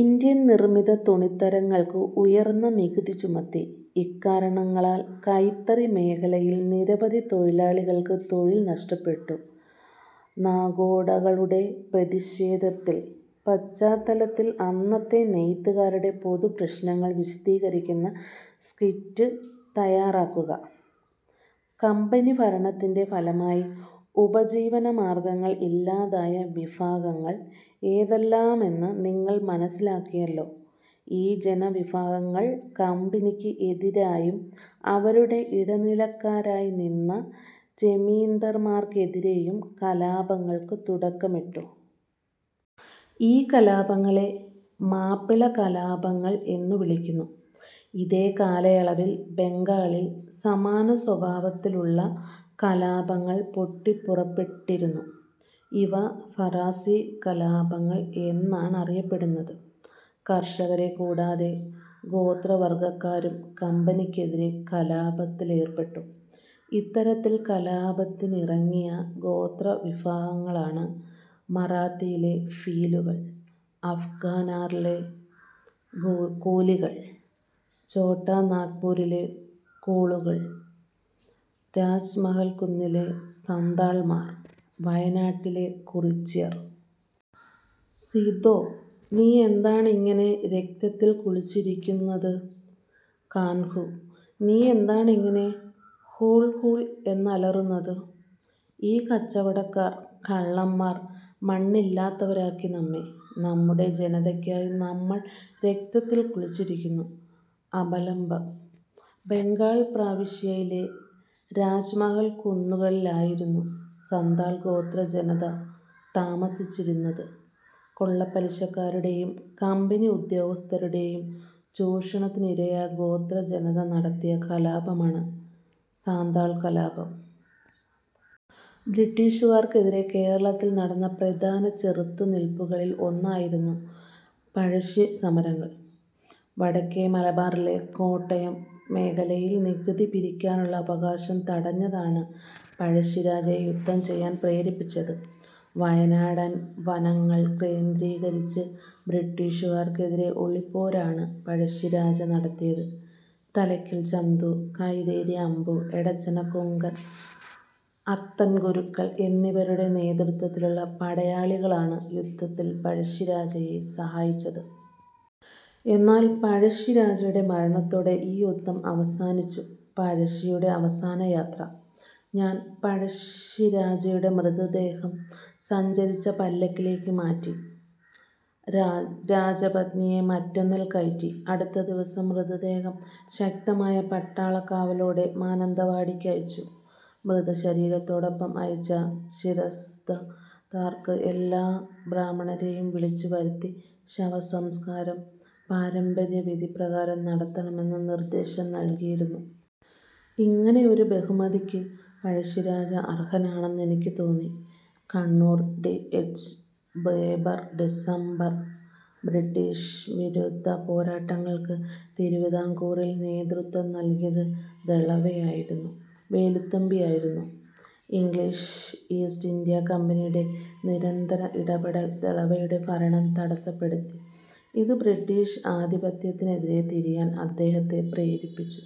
Indian നിർമ്മിത തുണിത്തരങ്ങൾക്ക് ഉയർന്ന നികുതി ചുമത്തി. ഇക്കാരണങ്ങളാൽ കൈത്തറി മേഖലയിൽ നിരവധി തൊഴിലാളികൾക്ക് തൊഴിൽ നഷ്ടപ്പെട്ടു. നഗോഡകളുടെ പ്രതിഷേധത്തിന്റെ പശ്ചാത്തലത്തിൽ അന്നത്തെ നെയ്ത്തുകാരുടെ പൊതുപ്രശ്നങ്ങൾ വിശദീകരിക്കുന്ന സ്കിറ്റ് തയ്യാറാക്കുക. കമ്പനിഭരണത്തിന്റെ ഫലമായി ഉപജീവനമാർഗ്ഗങ്ങൾ ഇല്ലാതായ വിഭാഗങ്ങൾ ഏതെല്ലാമെന്ന് നിങ്ങൾ മനസ്സിലാക്കിയല്ലോ. ഈ ജനവിഭാഗങ്ങൾ കമ്പനിക്ക് എതിരെയും അവരുടെ ഇടനിലക്കാരായിനിന്ന ജമീന്ദാർമാർക്കെതിരെയും കലാപങ്ങൾക്ക് തുടക്കമിട്ടു. ഈ കലാപങ്ങളെ മാപ്പിളകലാപങ്ങൾ എന്നു വിളിക്കുന്നു. ഇതേ കാലയളവിൽ ബംഗാളിൽ സമാനസ്വഭാവത്തിലുള്ള കലാപങ്ങൾ പൊട്ടിപ്പുറപ്പെട്ടിരുന്നു. ഇവ ഫറാസി കലാപങ്ങൾ എന്നാണറിയപ്പെടുന്നത്. കർഷകരെ കൂടാതെ ഗോത്രവർഗ്ഗക്കാരും കമ്പനിക്കെതിരെ കലാപത്തിലേർപ്പെട്ടു. ഇത്തരത്തിൽ കലാപത്തിനിറങ്ങിയ ഗോത്രവിഭാഗങ്ങളാണ്. മറാത്തയിലെ ഭീലുകൾ, അഹമ്മദ്നഗറിലെ കോലികൾ, ഛോട്ടാനാഗ്പൂരിലെ കോളുകൾ, രാജ്മഹൽകുന്നിലെ സാന്താൾ മാർ, വയനാട്ടിലെ കുറിച്യർ. സിദോ, നീയെന്താണിങ്ങനെ രക്തത്തിൽക്കുളിച്ചിരിക്കുന്നത്? കാൻഹു, നീയെന്താണിങ്ങനെ ഹൂൾ ഹൂൾ എന്നലറുന്നത്? ഈ കച്ചവടക്കാർ, കള്ളന്മാർ മണ്ണില്ലാത്തവരാക്കി നമ്മെ. നമ്മുടെ ജനതയ്ക്കായി നമ്മൾ രക്തത്തിൽക്കുളിച്ചിരിക്കുന്നു. അവലംബം: ബംഗാൾ പ്രവിശ്യയിലെ രാജ്മഹൽ കുന്നുകളിലായിരുന്നു സാന്താൾ ഗോത്രജനത താമസിച്ചിരുന്നത്. കൊള്ളപ്പലിശക്കാരുടെയും കമ്പനി ഉദ്യോഗസ്ഥൻമാരുടെയും ചൂഷണത്തിനിരയായ ഗോത്രജനത നടത്തിയ കലാപമാണ് സാന്താൾ കലാപം. ബ്രിട്ടീഷുകാർക്കെതിരെ കേരളത്തിൽ നടന്ന പ്രധാന ചെറുത്തുനിൽപ്പുകളിൽ ഒന്നായിരുന്നു പഴശ്ശി സമരങ്ങൾ. വടക്കെ മലബാറിലെ കോട്ടയം മേഖലയിൽ നികുതി പിരിക്കാനുള്ള അവകാശം തടഞ്ഞതാണ് പഴശ്ശിരാജയെ യുദ്ധം ചെയ്യാൻ പ്രേരിപ്പിച്ചത്. വയനാടൻ വനങ്ങൾ കേന്ദ്രീകരിച്ച് ബ്രിട്ടീഷുകാർക്കെതിരെ ഒളിപ്പോരാണ് പഴശ്ശിരാജ നടത്തിയത്. തലയ്ക്കൽ ചന്തു, കൈതേരി അമ്പു, എടച്ചന കുങ്കൻ, അത്തൻ ഗുരുക്കൾ എന്നിവരുടെ നേതൃത്വത്തിലുള്ള പടയാളികളാണ് യുദ്ധത്തിൽ പഴശ്ശിരാജയെ സഹായിച്ചത്. എന്നാൽ പഴശ്ശിരാജയുടെ മരണത്തോടെ ഈ യുദ്ധം അവസാനിച്ചു. പഴശ്ശിയുടെ അവസാനയാത്ര... ഞാൻ പഴശ്ശിരാജയുടെ മൃത ദേഹം സഞ്ചരിച്ച പല്ലക്കിലേക്കു മാറ്റി. രാജ പത്നിയെ മറ്റൊന്നിൽ കയറ്റി. അടുത്ത ദിവസം മൃതദേഹം ശക്തമായ പട്ടാളക്കാവലോടെ മാനന്തവാടിക്കയച്ചു. മൃതശരീരത്തോടൊപ്പം അയച്ച ശിരസ്തദാർക്ക് എല്ലാ ബ്രാഹ്മണ രെയും വിളിച്ചു വരുത്തി ശവസംസ്കാരം പാരമ്പര്യവിധിപ്രകാരം നടത്തണമെന്ന് നിർദേശം നൽകിയിരുന്നു. ഇങ്ങനെയൊരു ബഹുമതിക്ക് പഴശ്ശിരാജ അർഹനാണെന്ന് എനിക്ക് തോന്നി... Kannur, T. H. Baber December. British വിരുദ്ധ പോരാട്ടങ്ങൾക്ക് തിരുവിതാംകൂറിൽ നേതൃത്വം നൽകിയത് ദളവയായിരുന്ന വേലുത്തമ്പി ആയിരുന്നു. ഇംഗ്ലീഷ് ഈസ്റ്റിന്ത്യാകമ്പനിയുടെ നിരന്തര ഇടപെടൽ ദളവയുടെ ഭരണം തടസ്സപ്പെടുത്തി. ഇത് ബ്രിട്ടീഷ് ആധിപത്യത്തിനെതിരെ തിരിയാൻ അദ്ദേഹത്തെ പ്രേരിപ്പിച്ചു.